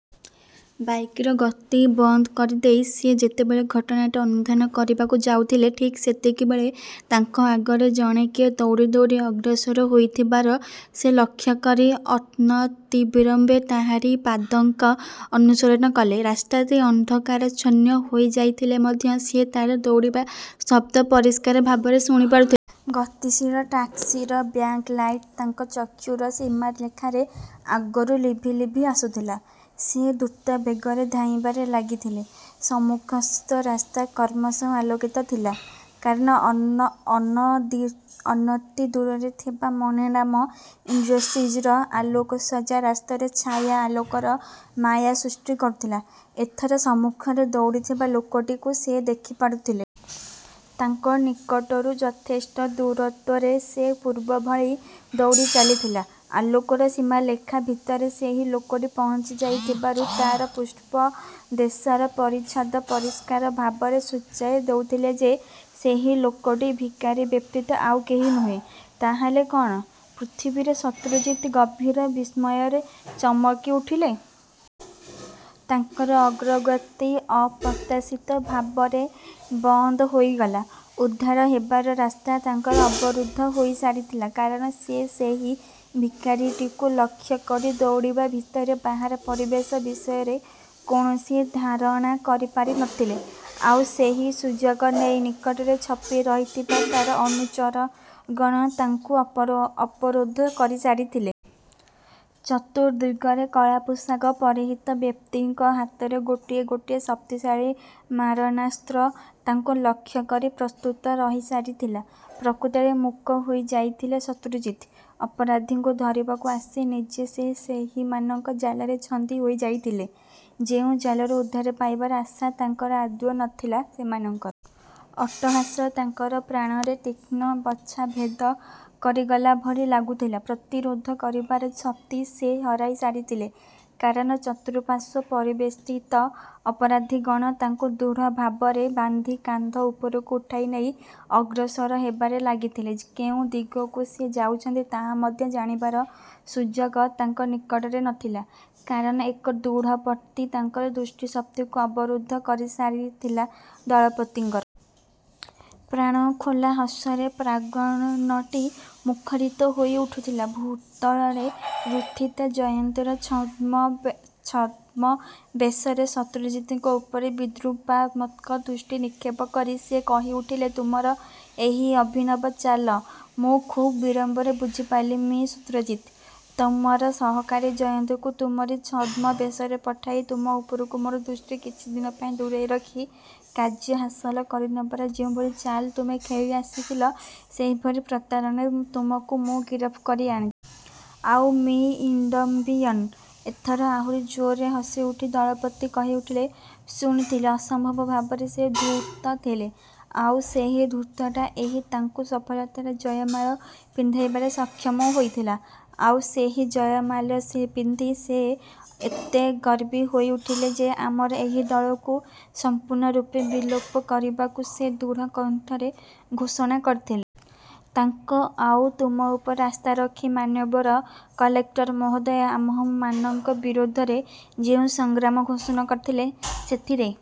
ବାଇକ୍‌ର ଗତି ବନ୍ଦ କରିଦେଇ ସେ ଯେତେବେଳେ ଘଟଣାଟି ଅନୁଧ୍ୟାନ କରିବାକୁ ଯାଉଥିଲେ, ଠିକ୍ ସେତିକିବେଳେ ତାଙ୍କ ଆଗରେ ଜଣେ କିଏ ଦୌଡ଼ି ଦୌଡ଼ି ଅଗ୍ରସର ହେଉଥିବାର ସେ ଲକ୍ଷ୍ୟ କରି ଅନତିବିଳମ୍ବେ ତାହାରି ପଦାଙ୍କ ଅନୁସରଣ କଲେ। ରାସ୍ତାଟି ଅନ୍ଧକାରାଚ୍ଛନ୍ନ ହୋଇଯାଇଥିଲେ ମଧ୍ୟ ସେ ତା'ର ଦୌଡ଼ିବା ଶବ୍ଦ ପରିଷ୍କାର ଭାବରେ ଶୁଣିପାରୁଥିଲେ। ଗତିଶୀଳ ଟ୍ୟାକ୍ସିର ବ୍ୟାକ୍ ଲାଇଟ୍ ତାଙ୍କ ଚକ୍ଷୁର ସୀମାରେଖା ଆଗରୁ ଲିଭି ଲିଭି ଆସୁଥିଲା। ସେ ଦ୍ରୁତ ବେଗରେ ଧାଇଁବାରେ ଲାଗିଥିଲେ। ସମ୍ମୁଖସ୍ଥ ରାସ୍ତା କ୍ରମଶଃ ଆଲୋକିତ ଥିଲା, କାରଣ ଅନତିଦୂରରେ ଥିବା ମଣିରାମ ଇଣ୍ଡଷ୍ଟ୍ରିଜ୍‌ର ଆଲୋକସଜ୍ଜା ରାସ୍ତାରେ ଛାୟା-ଆଲୋକର ମାୟା ସୃଷ୍ଟି କରୁଥିଲା। ଏଥର ସମ୍ମୁଖରେ ଦୌଡ଼ୁଥିବା ଲୋକଟିକୁ ସେ ଦେଖିପାରୁଥିଲେ। ତାଙ୍କ ନିକଟରୁ ଯଥେଷ୍ଟ ଦୂରତ୍ୱରେ ସେ ପୂର୍ବଭଳି ଦୌଡ଼ି ଚାଲିଥିଲା। ଆଲୋକର ସୀମାରେଖା ଭିତରେ ସେହି ଲୋକଟି ପହଞ୍ଚିଯାଇଥିବାରୁ ତା'ର ପୃଷ୍ଠଦେଶର ପରିଚ୍ଛଦ ପରିଷ୍କାର ଭାବରେ ସୂଚାଇ ଦେଉଥିଲା ଯେ, ସେହି ଲୋକଟି ଭିକାରୀ ବ୍ୟତୀତ ଆଉ କେହି ନୁହେଁ। ତା'ହେଲେ କ'ଣ? ପୁଣିଥରେ ଶତ୍ରୁଜିତ୍ ଗଭୀର ବିସ୍ମୟରେ ଚମକିଉଠିଲେ। ତାଙ୍କର ଅଗ୍ରଗତି ଅପ୍ରତ୍ୟାଶିତ ଭାବରେ ବନ୍ଦ ହୋଇଗଲା। ଉଦ୍ଧାର ହେବାର ରାସ୍ତା ତାଙ୍କର ଅବରୁଦ୍ଧ ହୋଇସାରିଥିଲା, କାରଣ ସେ ସେଇ ଭିକାରୀଟିକୁ ଲକ୍ଷ୍ୟ କରି ଦୌଡ଼ିବା ଭିତରେ ବାହାର ପରିବେଶ ବିଷୟରେ କୌଣସି ଧାରଣା କରିପାରି ନ ଥିଲେ। ଆଉ ସେହି ସୁଯୋଗ ନେଇ ନିକଟରେ ଛପିରହିଥିବା ତା'ର ଅନୁଚରଗଣ ତାଙ୍କୁ ଅବରୋଧ କରିସାରିଥିଲେ। ଚତୁର୍ଦ୍ଦିଗରେ କଳା ପୋଷାକ ପରିହିତ ବ୍ୟକ୍ତିଙ୍କ ହାତରେ ଗୋଟିଏ ଗୋଟିଏ ଶକ୍ତିଶାଳୀ ମାରଣାସ୍ତ୍ର ତାଙ୍କୁ ଲକ୍ଷ୍ୟ କରି ପ୍ରସ୍ତୁତ ରହିସାରିଥିଲା। ପ୍ରକୃତରେ ମୂକ ହୋଇଯାଇଥିଲେ ଶତ୍ରୁଜିତ୍। ଅପରାଧୀକୁ ଧରିବାକୁ ଆସି ନିଜେ ସେ ସେହିମାନଙ୍କ ଜାଲରେ ଛନ୍ଦି ହୋଇଯାଇଥିଲେ, ଯେଉଁ ଜାଲରୁ ଉଦ୍ଧାର ପାଇବାର ଆଶା ତାଙ୍କର ଆଦୌ ନ ଥିଲା। ସେମାନଙ୍କର ଅଟ୍ଟହାସ ତାଙ୍କ ପ୍ରାଣରେ ତୀକ୍ଷ୍ଣ ବର୍ଚ୍ଛା ଭେଦ କରିଗଲା ଭଳି ଲାଗୁଥିଲା। ପ୍ରତିରୋଧ କରିବାର ଶକ୍ତି ସେ ହରାଇସାରିଥିଲେ, କାରଣ ଚତୁଃପାର୍ଶ୍ୱ ପରିବେଷ୍ଟିତ ଅପରାଧୀଗଣ ତାଙ୍କୁ ଦୃଢ଼ଭାବରେ ବାନ୍ଧି କାନ୍ଧ ଉପରକୁ ଉଠାଇ ନେଇ ଅଗ୍ରସର ହେବାରେ ଲାଗିଥିଲେ। କେଉଁ ଦିଗକୁ ସେ ଯାଉଛନ୍ତି ତାହା ମଧ୍ୟ ଜାଣିବାର ସୁଯୋଗ ତାଙ୍କ ନିକଟରେ ନ ଥିଲା, କାରଣ ଏକ ଦୃଢ଼ ପଟି ତାଙ୍କର ଦୃଷ୍ଟିଶକ୍ତିକୁ ଅବରୁଦ୍ଧ କରିସାରିଥିଲା। ଦଳପତିଙ୍କର ପ୍ରାଣଖୋଲା ହସରେ ପ୍ରାଙ୍ଗଣଟି ମୁଖରିତ ହୋଇଉଠୁଥିଲା। ଭୂତଳରେ ଲୁଣ୍ଠିତ ଜୟନ୍ତର ଛଦ୍ମବେଶରେ ଶତ୍ରୁଜିତ୍‌ଙ୍କ ଉପରେ ବିଦ୍ରୂପାତ୍ମକ ଦୃଷ୍ଟି ନିକ୍ଷେପ କରି ସେ କହିଉଠିଲେ ତୁମର ଏହି ଅଭିନବ ଚାଲ୍ ମୁଁ ଖୁବ୍ ବିଳମ୍ବରେ ବୁଝିପାରିଲି ମି: ଶତ୍ରୁଜିତ୍। ତୁମର ସହକାରୀ ଜୟନ୍ତଙ୍କୁ ତୁମରି ଛଦ୍ମବେଶରେ ପଠାଇ ତୁମ ଉପରୁ ମୋର ଦୃଷ୍ଟି କିଛିଦିନ ପାଇଁ ଦୂରେଇ ରଖି କାର୍ଯ୍ୟ ହାସଲ କରିନେବାର ଯେଉଁଭଳି ଚାଲ୍ ତୁମେ ଖେଳି ଆସିଥିଲ, ସେହିଭଳି ପ୍ରତାରଣାରେ ତୁମକୁ ମୁଁ ଗିରଫ କରି ଆଣି ଆଉ ମି: ଇଡମ୍ବିଏନ୍। ଏଥର ଆହୁରି ଜୋରରେ ହସିଉଠି ଦଳପତି କହିଉଠିଲେ ଶୁଣିଥିଲି ଅସମ୍ଭବ ଭାବରେ ସେ ଧୂର୍ତ୍ତ ଥିଲେ। ଆଉ ସେହି ଧୂର୍ତ୍ତତା ହିଁ ତାଙ୍କୁ ସଫଳତାର ଜୟମାଲ୍ୟ ପିନ୍ଧାଇବାରେ ସକ୍ଷମ ହୋଇଥିଲା। ଆଉ ସେହି ଜୟମାଲ୍ୟ ପିନ୍ଧି ସେ ଏତେ ଗର୍ବୀ ହୋଇଉଠିଥିଲେ ଯେ, ଆମର ଏହି ଦଳକୁ ସମ୍ପୂର୍ଣ୍ଣରୂପେ ବିଲୋପ କରିବାକୁ ସେ ଦୃଢ଼କଣ୍ଠରେ ଘୋଷଣା କରିଥିଲେ। ତାଙ୍କ ଆଉ ତୁମ ଉପରେ ଆସ୍ଥା ରଖି ମାନ୍ୟବର କଲେକ୍ଟର ମହୋଦୟ ଆମମାନଙ୍କ ବିରୁଦ୍ଧରେ ଯେଉଁ ସଂଗ୍ରାମ ଘୋଷଣା କରିଥିଲେ, ସେଥିରେ..